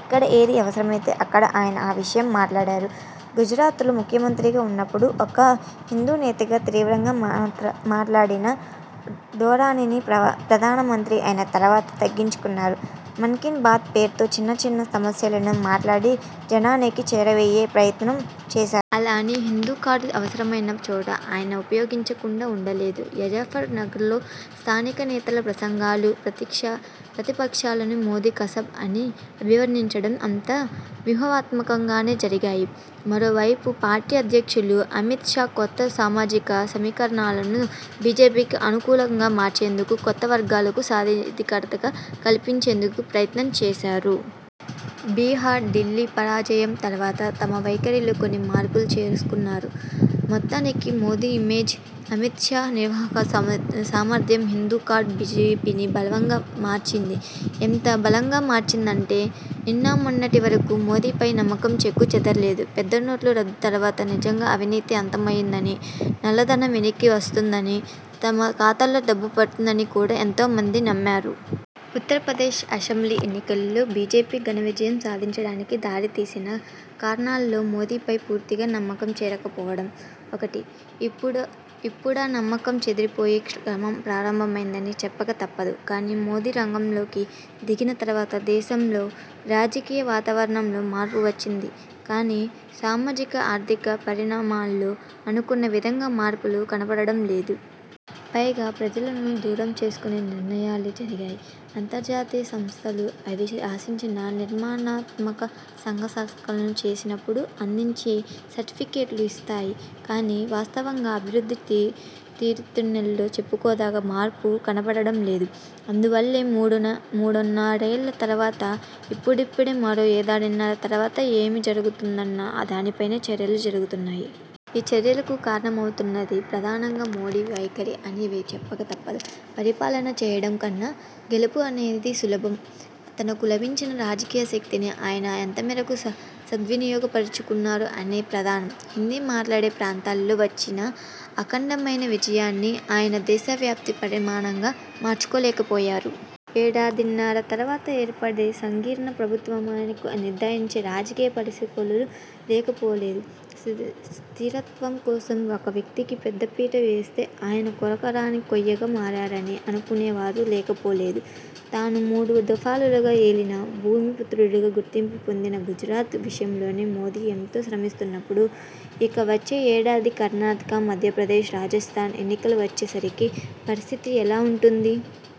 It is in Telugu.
ఎక్కడ ఏది అవసరమైతే అక్కడ ఆయన ఆ విషయం మాట్లాడారు. గుజరాత్ లో ముఖ్యమంత్రిగా ఉన్నప్పుడు ఒక హిందూనేతగా తీవ్రంగా మాట్లాడిన ధోరణిని ప్రధానమంత్రి అయిన తర్వాత తగ్గించుకున్నారు. మన్ కీ బాత్ పేరుతో చిన్న చిన్న సమస్యలను మాట్లాడి జనానికి చేరువయ్యే ప్రయత్నం చేశారు. అలా అని హిందూ కార్డు అవసరమైన చోట ఆయన ఉపయోగించకుండా ఉండలేదు. ముజఫర్ నగర్లో స్థానిక నేతల ప్రసంగాలు, ప్రతిపక్షాలను మోదీ కసబ్ అని అభివర్ణించడం అంతా వ్యూహాత్మకంగానే జరిగాయి. మరో వైపు పార్టీ అధ్యక్షుడు అమిత్ షా కొత్త సామాజిక సమీకరణాలను బిజెపికి అను కూలంగా మార్చేందుకు, కొత్త వర్గాలకు సాధికారికత కల్పించేందుకు ప్రయత్నం చేశారు. బీహార్, ఢిల్లీలో పరాజయం తర్వాత తమ వైఖరిలో కొన్ని మార్పులు చేసుకున్నారు. మొత్తానికి మోదీ ఇమేజ్, అమిత్ షా నిర్వాహక సామర్థ్యం, హిందూ కార్డు బిజెపిని బలంగా మార్చింది. ఎంత బలంగా మార్చిందంటే నిన్నమొన్నటి వరకూ మోదీపై నమ్మకం చెక్కు చెదరలేదు. పెద్ద నోట్ల రద్దు తర్వాత నిజంగా అవినీతి అంతమవుతుందని, నల్లధనం వెనక్కి వస్తుందని, తమ ఖాతాల్లో డబ్బు పడుతుందని కూడా ఎంతోమంది నమ్మారు. ఉత్తరప్రదేశ్ అసెంబ్లీ ఎన్నికల్లో బిజెపి ఘన విజయం సాధించడానికి దారి తీసిన కారణాల్లో మోదీపై పూర్తిగా నమ్మకం చెదరకపోవడం ఒకటి. ఇప్పుడా నమ్మకం చెదిరిపోయే క్రమం ప్రారంభమైందని చెప్పక తప్పదు. కాని మోదీ రంగంలోకి దిగిన తర్వాత దేశంలో రాజకీయ వాతావరణంలో మార్పు వచ్చింది కాని సామాజిక, ఆర్థిక పరిణామాల్లో అనుకున్న విధంగా మార్పులు కనపడడం లేదు. పైగా ప్రజలను దూరం చేసుకునే నిర్ణయాలే జరిగాయి. అంతర్జాతీయ సంస్థలు అవి ఆశించిన నిర్మాణాత్మక సంస్కరణలను చేసినప్పుడు ఆనందించి సర్టిఫికెట్లు ఇస్తాయి కాని వాస్తవంగా అభివృద్ది తీరుతెన్నుల్లో చెప్పుకోదగ్గ మార్పు కనపడడం లేదు. అందువల్లే మూడున్నరేళ్ల తర్వాత ఇప్పుడిప్పుడే మరో ఏడాదిన్నర తర్వాత ఏమి జరుగుతుందన్న దానిపైనే చర్చలు జరుగుతున్నాయి. ఈ చర్చలకు కారణమవుతున్నది ప్రధానంగా మోదీ వైఖరే అని చెప్పక తప్పదు. పరిపాలన చేయడం కన్నా గెలుపు అనేది సులభం. తనకు లభించిన రాజకీయ శక్తిని ఆయన ఎంతమేరకు సద్వినియోగపరుచుకున్నారు అనేది ప్రధానం. హిందీ మాట్లాడే ప్రాంతాల్లో వచ్చిన అఖండమైన విజయాన్ని ఆయన దేశ వ్యాప్త పరిణామంగా మార్చలేకపోయారు. ఏడాదిన్నర తర్వాత ఏర్పడేది సంకీర్ణ ప్రభుత్వమేనని నిర్ధారించే రాజకీయ పరిశీలకులూ లేకపోలేదు. స్థిరత్వం కోసం ఒక వ్యక్తికి పెద్ద పీట వేస్తే ఆయన కొరకరాని కొయ్యగా మారారని అనుకునేవారూ లేకపోలేదు. తాను మూడు దఫాలుగా ఏలిన, భూమి పుత్రుడుగా గుర్తింపు పొందిన గుజరాత్ విషయంలోనే మోదీ ఎంతో శ్రమిస్తున్నప్పుడు ఇక వచ్చే ఏడాది కర్ణాటక, మధ్యప్రదేశ్, రాజస్థాన్ ఎన్నికలు వచ్చే సరికి పరిస్థితి ఎలా ఉంటుంది?